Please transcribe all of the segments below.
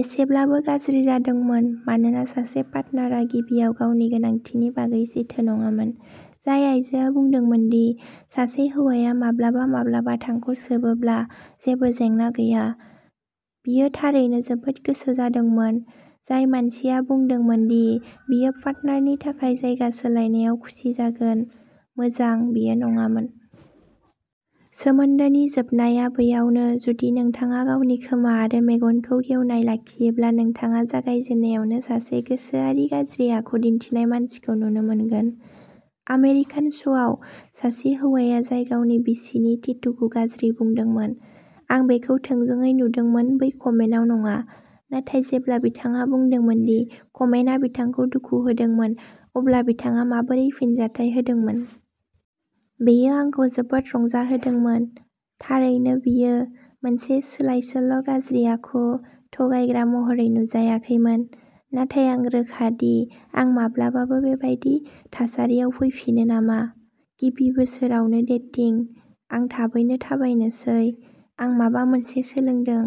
एसेब्लाबो गाज्रि जादोंमोन मानोना सासे पार्टनारआ गिबियाव गावनि गोनांथिनि बागै सैथो नङामोन। जाय आइजोआ बुंदोंमोन दि "सासे हौवाया माब्लाबा-माब्लाबा थांखु सोबोब्ला जेबो जेंना गैया", बियो थारैनो जोबोद गोसो जादोंमोन। जाय मानसिया बुंदोंमोन दि बियो पार्टनारनि थाखाय जायगा सोलायनायाव खुसि जागोन-मोजां, बियो नङामोन। सोमोन्दोनि जोबनाया बैयावनो। जुदि नोंथाङा गावनि खोमा आरो मेगनखौ गेवनाय लाखियोब्ला नोंथाङा जागायजेननायावनो सासे गोसोआरि गाज्रि आखु दिन्थिनाय मानसिखौ नुनो मोनगोन। आमेरिकान श'आव, सासे हौवाया जाय गावनि बिसिनि टेटूखौ'गाज्रि'बुंदोंमोन; आं बेखौ थोंजोङै नुदोंमोन-बै कमेन्टआव नङा, नाथाय जेब्ला बिथाङा बुंदोंमोन दि कमेन्टआ बिथांखौ दुखु होदोंमोन, अब्ला बिथाङा माबोरै फिनजाथाय होदोंमोन। बेयो आंखौ जोबोद रंजाहोदोंमोन। थारैनो बियो मोनसे सोलायसोल', गाज्रि आखु, थगायग्रा महरै नुजायाखैमोन, नाथाय आं रोखा दि आं माब्लाबाबो बेबायदि थासारियाव फैफिनो नामा, गिबि बोसोरावनो। डेटिं, आं थाबैनो थाबायनोसै। आं माबा मोनसे सोलोंदों।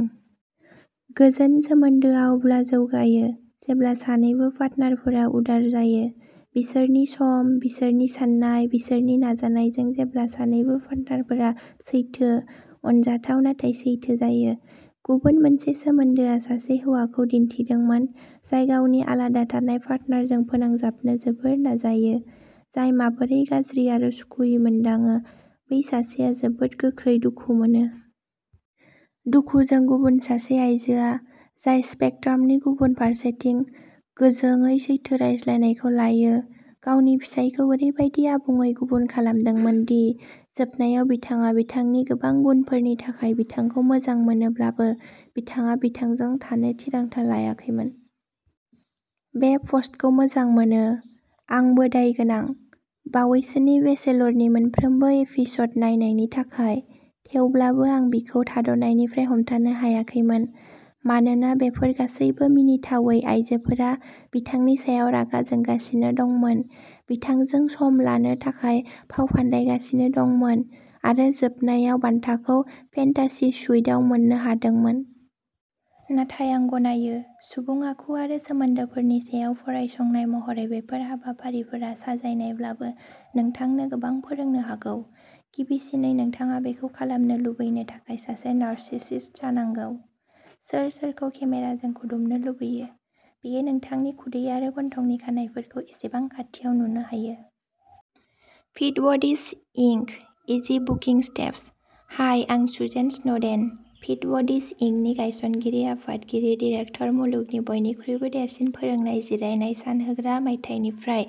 गोजोन सोमोन्दोआ अब्ला जौगायो जेब्ला सानैबो पार्टनारफोरा उदार जायो। बिसोरनि सम, बिसोरनि साननाय, बिसोरनि नाजानायजों। जेब्ला सानैबो पार्टनारफोरा सैथो, अनजाथाव नाथाय सैथो जायो। गुबुन मोनसे सोमोन्दोआ सासे हौवाखौ दिन्थिदोंमोन, जाय गावनि आलादा थानाय पार्टनारजों फोनांजाबनो जोबोद नाजायो, जाय माबोरै'गाज्रि'आरो'सुखुयै'मोनदाङो बै सासेआ जोबोद गोख्रै दुखु मोनो। दुखुजों गुबुन सासे आयजोआ जाय स्पेकट्रामनि गुबुन फारसेथिं गोजोंयै सैथो रायज्लायनायखौ लायो, गावनि फिसायखौ ओरैबायदि आबुङै गुबुन खालामदोंमोन दि, जोबनायाव बिथाङा बिथांनि गोबां गुनफोरनि थाखाय बिथांखौ मोजां मोनोब्लाबो, बिथाङा बिथांजों थानो थिरांथा लायाखैमोन। बे पस्टखौ मोजां मोनो। आंबो दायगोनां... बावैसोनि बेचेलरनि मोनफ्रोमबो एपिस'ड नायनायनि थाखाय, थेवब्लाबो। आं बिखौ थाद'नायनिफ्राय हमथानो हायाखैमोन, मानोना बेफोर गासैबो मिनिथावै आइजोफोरा बिथांनि सायाव रागा जोंगासिनो दंमोन, बिथांजों सम लानो थाखाय फावफान्दायगासिनो दंमोन, आरो जोबनायाव बान्थाखौ "फेन्टासि सुइट" आव मोन्नो हादोंमोन। नाथाय आं गनायो। सुबुं आखु आरो सोमोन्दोफोरनि सायाव फरायसंनाय महरै बेफोर हाबाफारिफोरा, साजायनायब्लाबो, नोंथांनो गोबां फोरोंनो हागौ। गिबिसिनै, नोंथाङा बेखौ खालामनो लुबैनो थाखाय सासे नार्सिसिस्ट जानांगौ। सोर सोरखौ केमेराजों खुदुमनो लुबैयो, बेयो नोंथांनि खुदै आरो गन्थंनि खानाइफोरखौ एसेबां खाथियाव नुनो हायो। फिट बडीज, इंक.-इजि बुकिं स्टेप्स! हाय! आं Suzelle Snowden, Fit Buddies, Inc.. नि गायसनगिरिदगिरि आफादगिरि डिरेक्टर मुलुगनि बयनिख्रुइबो देरसिन फोरोंनाय जिरायनाय सान होग्रा। मायथाइनिफ्राय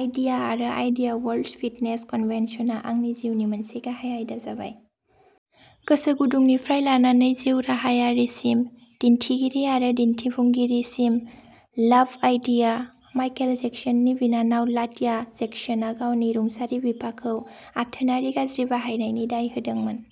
आइडिया आरो आइडिया वर्ल्ड फिटनेस कन्भेन्सनआ आंनि जिउनि मोनसे गाहाय आयदा जाबाय। गोसोगुदुंनिफ्राय लानानै जिउराहायारिसिम, दिन्थिगिरि आरो दिन्थिफुंगिरिसिम। लाभ आइडिया माइकेल जेक्सननि बिनानाव लाटिया जेक्सनआ गावनि रुंसारि बिफाखौ आथोनारि गाज्रि बाहायनायनि दाय होदोंमोन।